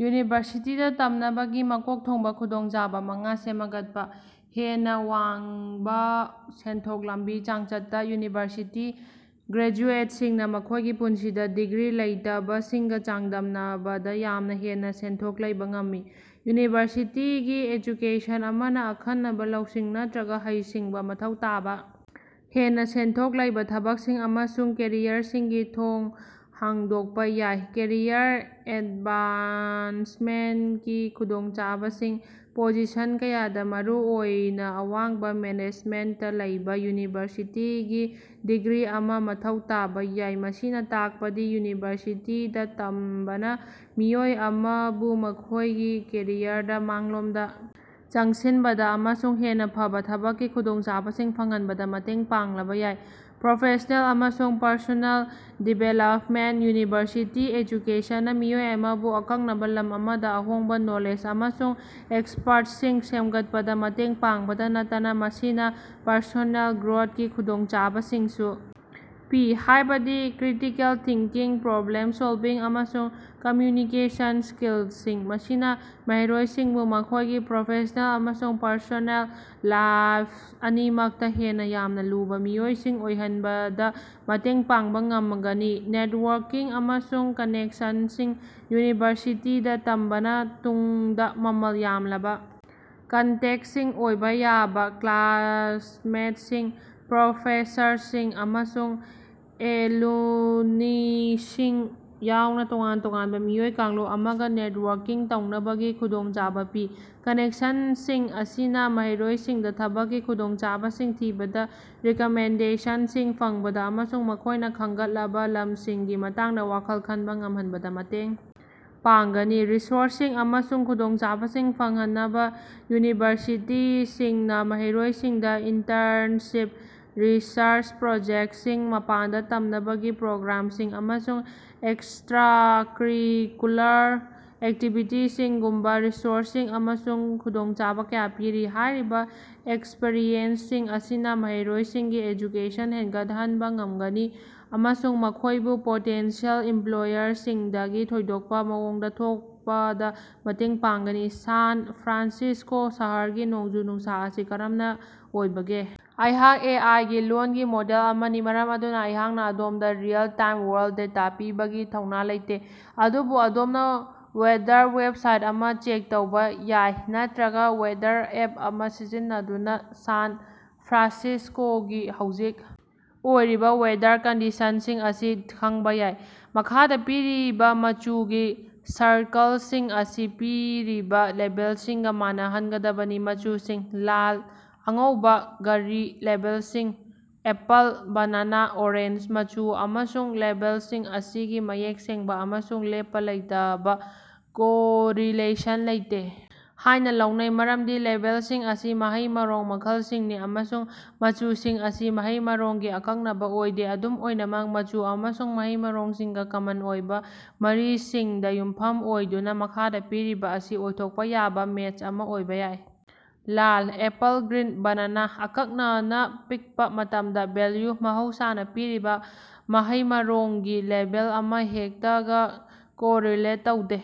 ꯌꯨꯅꯤꯚꯔꯁꯤꯇꯤꯗ ꯇꯝꯅꯕꯒꯤ ꯃꯀꯣꯛ ꯊꯣꯡꯕ ꯈꯨꯗꯣꯡꯆꯥꯕ ꯃꯉꯥ ꯁꯦꯃꯒꯠꯄ꯫ ꯍꯦꯟꯅ ꯋꯥꯡꯕ ꯁꯦꯟꯊꯣꯛ ꯂꯝꯕꯤ ꯆꯥꯡꯆꯠꯇ ꯌꯨꯅꯤꯚꯔꯁꯤꯇꯤ ꯒ꯭ꯔꯦꯖꯨꯑꯦꯠꯁꯤꯡꯅ ꯃꯈꯣꯏꯒꯤ ꯄꯨꯟꯁꯤꯗ ꯗꯤꯒ꯭ꯔꯤ ꯂꯩꯇꯕꯁꯤꯡꯒ ꯆꯥꯡꯗꯝꯅꯕꯗ ꯌꯥꯝꯅ ꯍꯦꯟꯅ ꯁꯦꯟꯊꯣꯛ ꯂꯩꯕ ꯉꯝꯃꯤ꯫ ꯌꯨꯅꯤꯚꯔꯁꯤꯇꯤꯒꯤ ꯑꯦꯖꯨꯀꯦꯁꯟ ꯑꯃꯅ ꯑꯈꯟꯅꯕ ꯂꯧꯁꯤꯡ ꯅꯠꯇꯔꯒ ꯍꯩꯁꯤꯡꯕ ꯃꯊꯧ ꯇꯥꯕ ꯍꯦꯟꯅ ꯁꯦꯟꯊꯣꯛ ꯂꯩꯕ ꯊꯕꯛꯁꯤꯡ ꯑꯃꯁꯨꯡ ꯀꯦꯔꯤꯌꯔꯁꯤꯡꯒꯤ ꯊꯣꯡ ꯍꯥꯡꯗꯣꯛꯄ ꯌꯥꯏ꯫ ꯀꯦꯔꯤꯌꯔ ꯑꯦꯗꯚꯥꯟꯁꯃꯦꯟꯠꯀꯤ ꯈꯨꯗꯣꯡꯆꯥꯕꯁꯤꯡ: ꯄꯣꯖꯤꯁꯟ ꯀꯌꯥꯗ, ꯃꯔꯨꯑꯣꯏꯅ ꯑꯋꯥꯡꯕ ꯃꯦꯅꯦꯖꯃꯦꯟꯇꯇ ꯂꯩꯕ, ꯌꯨꯅꯤꯚꯔꯁꯤꯇꯤꯒꯤ ꯗꯤꯒ꯭ꯔꯤ ꯑꯃ ꯃꯊꯧ ꯇꯥꯕ ꯌꯥꯏ꯫ ꯃꯁꯤꯅ ꯇꯥꯛꯄꯗꯤ ꯌꯨꯅꯤꯚꯔꯁꯤꯇꯤꯗ ꯇꯝꯕꯅ ꯃꯤꯑꯣꯏ ꯑꯃꯕꯨ ꯃꯈꯣꯏꯒꯤ ꯀꯦꯔꯤꯌꯔꯗ ꯃꯥꯡꯂꯣꯝꯗ ꯆꯪꯁꯤꯟꯕꯗ ꯑꯃꯁꯨꯡ ꯍꯦꯟꯅ ꯐꯕ ꯊꯕꯛꯀꯤ ꯈꯨꯗꯣꯡꯆꯥꯕꯁꯤꯡ ꯐꯪꯍꯟꯕꯗ ꯃꯇꯦꯡ ꯄꯥꯡꯂꯕ ꯌꯥꯏ꯫ ꯄ꯭ꯔꯣꯐꯦꯁ꯭ꯅꯦꯜ ꯑꯃꯁꯨꯡ ꯄꯔꯁꯣꯅꯦꯜ ꯗꯤꯚꯦꯂꯄꯃꯦꯟꯠ: ꯌꯨꯅꯤꯚꯔꯁꯤꯇꯤ ꯑꯦꯖꯨꯀꯦꯁꯟꯅ ꯃꯤꯑꯣꯏ ꯑꯃꯕꯨ ꯑꯀꯛꯅꯕ ꯂꯝ ꯑꯃꯗ ꯑꯍꯣꯡꯕ ꯅꯣꯂꯦꯖ ꯑꯃꯁꯨꯡ ꯑꯦꯛꯁꯄ꯭ꯔꯠꯁꯤꯡ ꯁꯦꯝꯒꯠꯄꯗ ꯃꯇꯦꯡ ꯄꯥꯡꯕꯇ ꯅꯠꯇꯅ, ꯃꯁꯤꯅ ꯄꯔꯁꯣꯅꯦꯜ ꯒ꯭ꯔꯣꯊꯀꯤ ꯈꯨꯗꯣꯡꯆꯥꯕꯁꯤꯡꯁꯨ ꯄꯤ, ꯍꯥꯏꯕꯗꯤ ꯀ꯭ꯔꯤꯇꯤꯀꯦꯜ ꯊꯤꯡꯀꯤꯡ, ꯄ꯭ꯔꯣꯕ꯭ꯂꯦꯝ ꯁꯣꯜꯚꯤꯡ, ꯑꯃꯁꯨꯡ ꯀꯝꯃ꯭ꯌꯨꯅꯤꯀꯦꯁꯟ ꯁ꯭ꯀꯤꯂꯁꯤꯡ꯫ ꯃꯁꯤꯅ ꯃꯍꯩꯔꯣꯏꯁꯤꯡꯕꯨ ꯃꯈꯣꯏꯒꯤ ꯄ꯭ꯔꯣꯐꯦꯁ꯭ꯅꯦꯜ ꯑꯃꯁꯨꯡ ꯄꯔꯁꯣꯅꯦꯜ ꯂꯥꯏꯐ ꯑꯅꯤꯃꯛꯇ ꯍꯦꯟꯅ ꯌꯥꯝꯅ ꯂꯨꯕ ꯃꯤꯑꯣꯏꯁꯤꯡ ꯑꯣꯏꯍꯟꯕꯗ ꯃꯇꯦꯡ ꯄꯥꯡꯕ ꯉꯃꯒꯅꯤ꯫ ꯅꯦꯠꯋꯥꯔꯀꯤꯡ ꯑꯃꯁꯨꯡ ꯀꯅꯦꯛꯁꯟꯁꯤꯡ: ꯌꯨꯅꯤꯚꯔꯁꯤꯇꯤꯗ ꯇꯝꯕꯅ ꯇꯨꯡꯗ ꯃꯃꯜ ꯌꯥꯝꯂꯕ ꯀꯟꯇꯦꯛꯁꯤꯡ ꯑꯣꯏꯕ ꯌꯥꯕ ꯀ꯭ꯂꯥꯁꯃꯦꯠꯁꯤꯡ, ꯄ꯭ꯔꯣꯐꯦꯁꯔꯁꯤꯡ, ꯑꯃꯁꯨꯡ ꯑꯦꯂꯨꯝꯅꯤꯁꯤꯡ ꯌꯥꯎꯅ ꯇꯣꯉꯥꯟ-ꯇꯣꯉꯥꯟꯕ ꯃꯤꯑꯣꯏ ꯀꯥꯡꯂꯨꯞ ꯑꯃꯒ ꯅꯦꯠꯋꯥꯔꯀꯤꯡ ꯇꯧꯅꯕꯒꯤ ꯈꯨꯗꯣꯡꯆꯥꯕ ꯄꯤ꯫ ꯀꯅꯦꯛꯁꯟꯁꯤꯡ ꯑꯁꯤꯅ ꯃꯍꯩꯔꯣꯏꯁꯤꯡꯗꯥ ꯊꯕꯛꯀꯤ ꯈꯨꯗꯣꯡꯆꯥꯕꯁꯤꯡ ꯊꯤꯕꯗ, ꯔꯤꯀꯃꯦꯟꯗꯦꯁꯟꯁꯤꯡ ꯐꯪꯕꯗ ꯑꯃꯁꯨꯡ ꯃꯈꯣꯏꯅ ꯈꯪꯒꯠꯂꯕ ꯂꯝꯁꯤꯡꯒꯤ ꯃꯇꯥꯡꯗ ꯋꯥꯈꯜ ꯈꯟꯕ ꯉꯝꯍꯟꯕꯗ ꯃꯇꯦꯡ ꯄꯥꯡꯒꯅꯤ꯫ ꯔꯤꯁꯣꯔ꯭ꯁꯁꯤꯡ ꯑꯃꯁꯨꯡ ꯈꯨꯗꯣꯡꯆꯥꯕꯁꯤꯡ ꯐꯪꯍꯅꯕ ꯌꯨꯅꯤꯚꯔꯁꯤꯇꯤꯁꯤꯡꯅ ꯃꯍꯩꯔꯣꯏꯁꯤꯡꯗ ꯏꯟꯇꯔꯅꯁꯤꯞ, ꯔꯤꯁꯔꯆ ꯄ꯭ꯔꯣꯖꯦꯛꯇꯁꯤꯡ, ꯃꯄꯥꯟꯗ ꯇꯝꯅꯕꯒꯤ ꯄ꯭ꯔꯣꯒ꯭ꯔꯥꯝꯁꯤꯡ, ꯑꯃꯁꯨꯡ ꯑꯦꯛꯁꯇ꯭ꯔꯥꯀꯔꯤꯀꯨꯂꯔ ꯑꯦꯛꯇꯤꯕꯤꯇꯤꯁꯤꯡꯒꯨꯝꯕ ꯔꯤꯁꯣꯔ꯭ꯁꯁꯤꯡ ꯑꯃꯁꯨꯡ ꯈꯨꯗꯣꯡꯆꯥꯕ ꯀꯌꯥ ꯄꯤꯔꯤ꯫ ꯍꯥꯏꯔꯤꯕ ꯑꯦꯛꯁꯄꯔꯤꯌꯦꯟꯁꯁꯤꯡ ꯑꯁꯤꯅ ꯃꯍꯩꯔꯣꯏꯁꯤꯡꯒꯤ ꯑꯦꯖꯨꯀꯦꯁꯟ ꯍꯦꯡꯒꯠꯍꯟꯕ ꯉꯝꯒꯅꯤ ꯑꯃꯁꯨꯡ ꯃꯈꯣꯏꯕꯨ ꯄꯣꯇꯦꯟꯁꯤꯌꯦꯜ ꯏꯝꯄ꯭ꯂꯣꯌꯔꯁꯤꯡꯗꯒꯤ ꯊꯣꯏꯗꯣꯛꯄ ꯃꯑꯣꯡꯗ ꯊꯣꯛꯄꯗ ꯃꯇꯦꯡ ꯄꯥꯡꯒꯅꯤ꯫ ꯁꯥꯟ ꯐ꯭ꯔꯥꯟꯁꯤꯁ꯭ꯀꯣ ꯁꯍꯔꯒꯤ ꯅꯣꯡꯖꯨ-ꯅꯨꯡꯁꯥ ꯑꯁꯤ ꯀꯔꯝꯅ ꯑꯣꯏꯕꯒꯦ? ꯑꯩꯍꯥꯛ ꯑꯦ. ꯑꯥꯏ. ꯒꯤ ꯂꯣꯜꯒꯤ ꯃꯣꯗꯦꯜ ꯑꯃꯅꯤ, ꯃꯔꯝ ꯑꯗꯨꯅ ꯑꯩꯍꯥꯛꯅ ꯑꯗꯣꯝꯗ ꯔꯤꯑꯦꯜ-ꯇꯥꯏꯝ ꯋꯦꯗꯔ ꯗꯦꯇꯥ ꯄꯤꯕꯒꯤ ꯊꯧꯅꯥ ꯂꯩꯇꯦ, ꯑꯗꯨꯕꯨ ꯑꯗꯣꯝꯅ ꯋꯦꯗꯔ ꯋꯦꯕꯁꯥꯏꯠ ꯑꯃ ꯆꯦꯛ ꯇꯧꯕ ꯌꯥꯏ ꯅꯠꯇꯔꯒ ꯋꯦꯗꯔ ꯑꯦꯞ ꯑꯃ ꯁꯤꯖꯤꯟꯅꯗꯨꯅ ꯁꯥꯟ ꯐ꯭ꯔꯥꯟꯁꯤꯁ꯭ꯀꯣꯒꯤ ꯍꯧꯖꯤꯛ ꯑꯣꯏꯔꯤꯕ ꯋꯦꯗꯔ ꯀꯟꯗꯤꯁꯟꯁꯤꯡ ꯑꯁꯤ ꯈꯪꯕ ꯌꯥꯏ꯫ ꯃꯈꯥꯗꯥ ꯄꯤꯔꯤꯕ ꯃꯆꯨꯒꯤ ꯁꯔꯀꯜꯁꯤꯡ ꯑꯁꯤ ꯄꯤꯔꯤꯕ ꯂꯦꯕꯦꯜꯁꯤꯡꯒ ꯃꯥꯟꯅꯍꯟꯒꯗꯕꯅꯤ꯫ ꯃꯆꯨꯁꯤꯡ: ꯂꯥꯜ, ꯑꯉꯧꯕꯥ, ꯒꯔꯤ, ꯂꯦꯕꯦꯜꯁꯤꯡ: ꯑꯦꯄꯜ, ꯕꯅꯥꯅꯥ, ꯑꯣꯔꯦꯟꯖ꯫ ꯃꯆꯨ ꯑꯃꯁꯨꯡ ꯂꯦꯕꯦꯜꯁꯤꯡ ꯑꯁꯤꯒꯤ ꯃꯌꯦꯛ ꯁꯦꯡꯕ ꯑꯃꯁꯨꯡ ꯂꯦꯞꯄ ꯂꯩꯇꯕ ꯀꯣꯔꯤꯂꯦꯁꯟ ꯂꯩꯇꯦ ꯍꯥꯏꯅ ꯂꯧꯅꯩ, ꯃꯔꯝꯗꯤ ꯂꯦꯕꯦꯜꯁꯤꯡ ꯑꯁꯤ ꯃꯍꯩ ꯃꯔꯣꯡ ꯃꯈꯜꯁꯤꯡꯅꯤ ꯑꯃꯁꯨꯡ ꯃꯆꯨꯁꯤꯡ ꯑꯁꯤ ꯃꯍꯩ-ꯃꯔꯣꯡꯒꯤ ꯑꯀꯛꯅꯕ ꯑꯣꯏꯗꯦ꯫ ꯑꯗꯨꯝ ꯑꯣꯏꯅꯃꯛ, ꯃꯆꯨ ꯑꯃꯁꯨꯡ ꯃꯍꯩ-ꯃꯔꯣꯡꯁꯤꯡꯒ ꯀꯃꯟ ꯑꯣꯏꯕ ꯃꯔꯤꯁꯤꯡꯗ ꯌꯨꯝꯐꯝ ꯑꯣꯏꯗꯨꯅ, ꯃꯈꯥꯗ ꯄꯤꯔꯤꯕ ꯑꯁꯤ ꯑꯣꯏꯊꯣꯛꯄ ꯌꯥꯕ ꯃꯦꯆ ꯑꯃ ꯑꯣꯏꯕꯥ ꯌꯥꯏ: ꯂꯥꯜ:ꯑꯦꯄꯜ ꯒ꯭ꯔꯤꯟ :ꯕꯅꯥꯅꯥ (ꯑꯀꯛꯅꯅꯥ ꯄꯤꯛꯄ ꯃꯇꯝꯗ) ꯕ꯭ꯂꯨ: ꯃꯍꯧꯁꯥꯅꯥ ꯄꯤꯔꯤꯕꯥ ꯃꯍꯩ-ꯃꯔꯣꯡꯒꯤ ꯂꯦꯕꯦꯜ ꯑꯃꯍꯦꯛꯇꯒꯥ ꯀꯣꯔꯤꯂꯦꯠ ꯇꯧꯗꯦ꯫